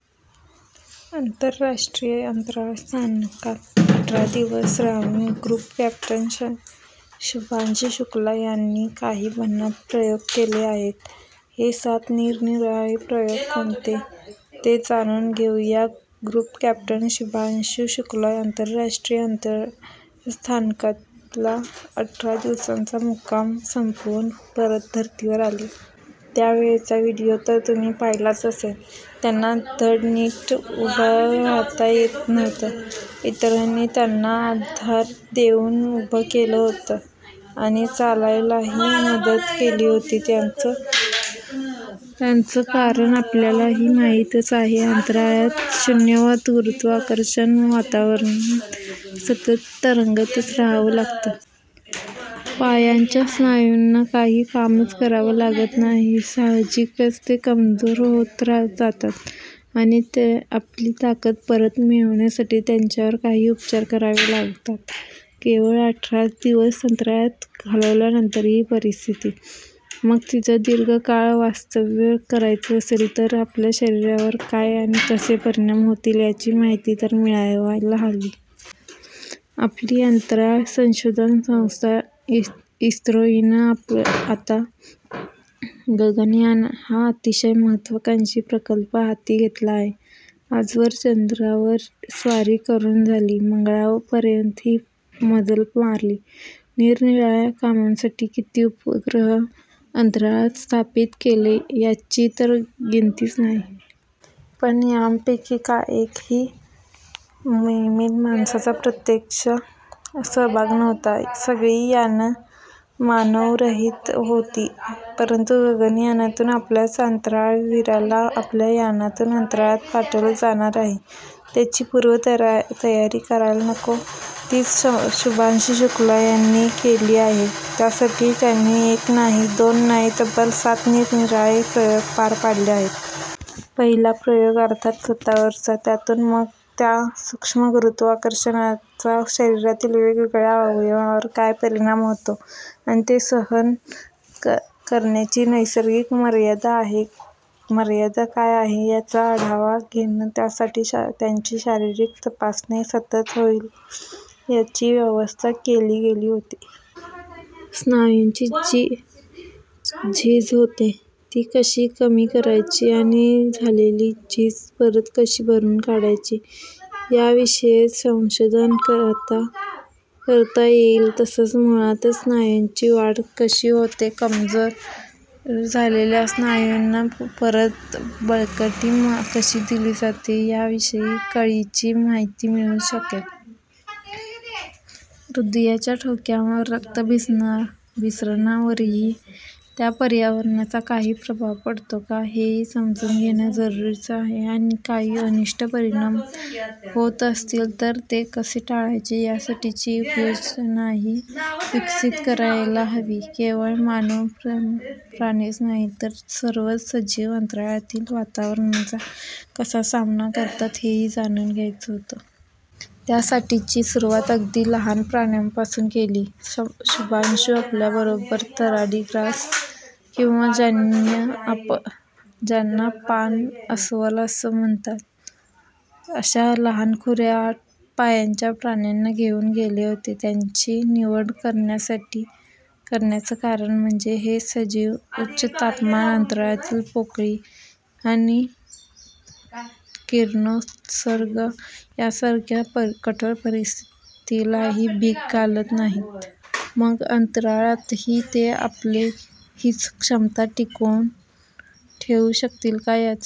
आंतरराष्ट्रीय अंतराळ स्थानकात अठरा दिवस राहून ग्रुप कॅप्टन शुभांशु शुक्ला यांनी काही भन्नाट प्रयोग केले आहेत. हे सात निरनिराळे प्रयोग कोणते, ते जाणून घेऊ या. Group captain Shubhanshu Shukla. आंतरराष्ट्रीय अंतराळ स्थानकातला अठरा दिवसांचा मुक्काम संपवून परत धरतीवर आले. त्यावेळचा व्हिडिओ तर तुम्ही पाहिलाच असेल. त्यांना धड नीट उभं राहता येत नव्हतं. इतरांनी त्यांना आधार देऊन उभं केलं होतं आणि चालायलाही मदत केली होती. त्याचं कारण आपल्याला माहितीच आहे. अंतराळात शून्यवत गुरुत्वाकर्षणाच्या वातावरणात सतत तरंगतच राहावं लागतं. पायांच्या स्नायूंना काही कामच करावं लागत नाही. साहजिकच ते कमजोर होत जातात. आणि आपली ताकद परत मिळवण्यासाठी त्यांच्यावर काही उपचार करावे लागतात. केवळ अठराच दिवस अंतराळात घालवल्यानंतर ही परिस्थिती. मग तिथं दीर्घ काळ वास्तव्य करायचं असेल तर आपल्या शरीरावर काय आणि कसे परिणाम होतील, याची माहिती तर मिळवायला हवी. आपली अंतराळसंशोधन संस्था इस्रो हिनं आता गगनयान हा अतिशय महत्त्वाकांक्षी प्रकल्प हाती घेतला आहे. आजवर चंद्रावर स्वारी करून झाली, मंगळापर्यंतही मजल मारली, निरनिराळ्या कामांसाठीचे किती उपग्रह अंतराळात स्थापित केले यांची तर गणतीच नाही. पण यांपैकी एकाही मोहिमेत माणसाचा प्रत्यक्ष सहभाग नव्हता. सगळी यानं मानवरहित होती, परंतु गगनयानातून आपल्याच अंतराळवीराला आपल्याच यानातून अंतराळात पाठवलं जाणार आहे. त्याची पूर्वतयारी करायला नको? तीच शुभांशु शुक्ला यांनी केली आहे. त्यासाठी त्यांनी एक नाही, दोन नाही, तब्बल सात निरनिराळे प्रयोग पार पाडले आहेत. पहिला प्रयोग अर्थात स्वतःवरचा. त्यातून मग त्या सूक्ष्म गुरुत्वाकर्षणाचा शरीरातील वेगवेगळ्या अवयवांवर काय परिणाम होतो आणि ते सहन करण्याची नैसर्गिक मर्यादा काय आहे, याचा आढावा घेणं त्यासाठी त्यांची शारीरिक तपासणी सतत होईल याची व्यवस्था केली गेली होती. स्नायूंची जी झीज होते, ती कशी कमी करायची आणि झालेली झीज परत कशी भरून काढायची याविषयीचं संशोधन आता करता येईल. तसंच मुळातच स्नायूंची वाढ कशी होते, कमजोर झालेल्या स्नायूंना परत बळकटी कशी दिली जाते याविषयीही कळीची माहिती मिळू शकेल. हृदयाच्या ठोक्यांवर, रक्ताभिसरणावरही, त्या पर्यावरणाचा काही प्रभाव पडतो का, हेही समजून घेणं जरुरीचं आहे आणि काही अनिष्ट परिणाम होत असतील तर ते कसे टाळायचे यासाठीची उपाययोजनाही विकसित करायला हवी. केवळ मानवप्राणीच नाही तर सर्वच सजीव, अंतराळातील वातावरणाचा कसा सामना करतात, हेही जाणून घ्यायचं होतं. त्यासाठीची सुरुवात अगदी लहान प्राण्यांपासून केली. शुभांशु आपल्याबरोबर तारडीग्रास, किंवा ज्यांना पाणअस्वल म्हणतात, अशा लहानखुऱ्या आठ पायांच्या प्राण्यांना घेऊन गेले होते. त्यांची निवड करण्याचं कारण म्हणजे हे सजीव उच्च तापमान, अंतराळातील पोकळी किंवा किरणोत्सर्ग यांसारख्या कठोर परिस्थितीलाही भीक घालत नाहीत. मग अंतराळातही ते आपली हीच क्षमता टिकवून ठेवू शकतील का, याचा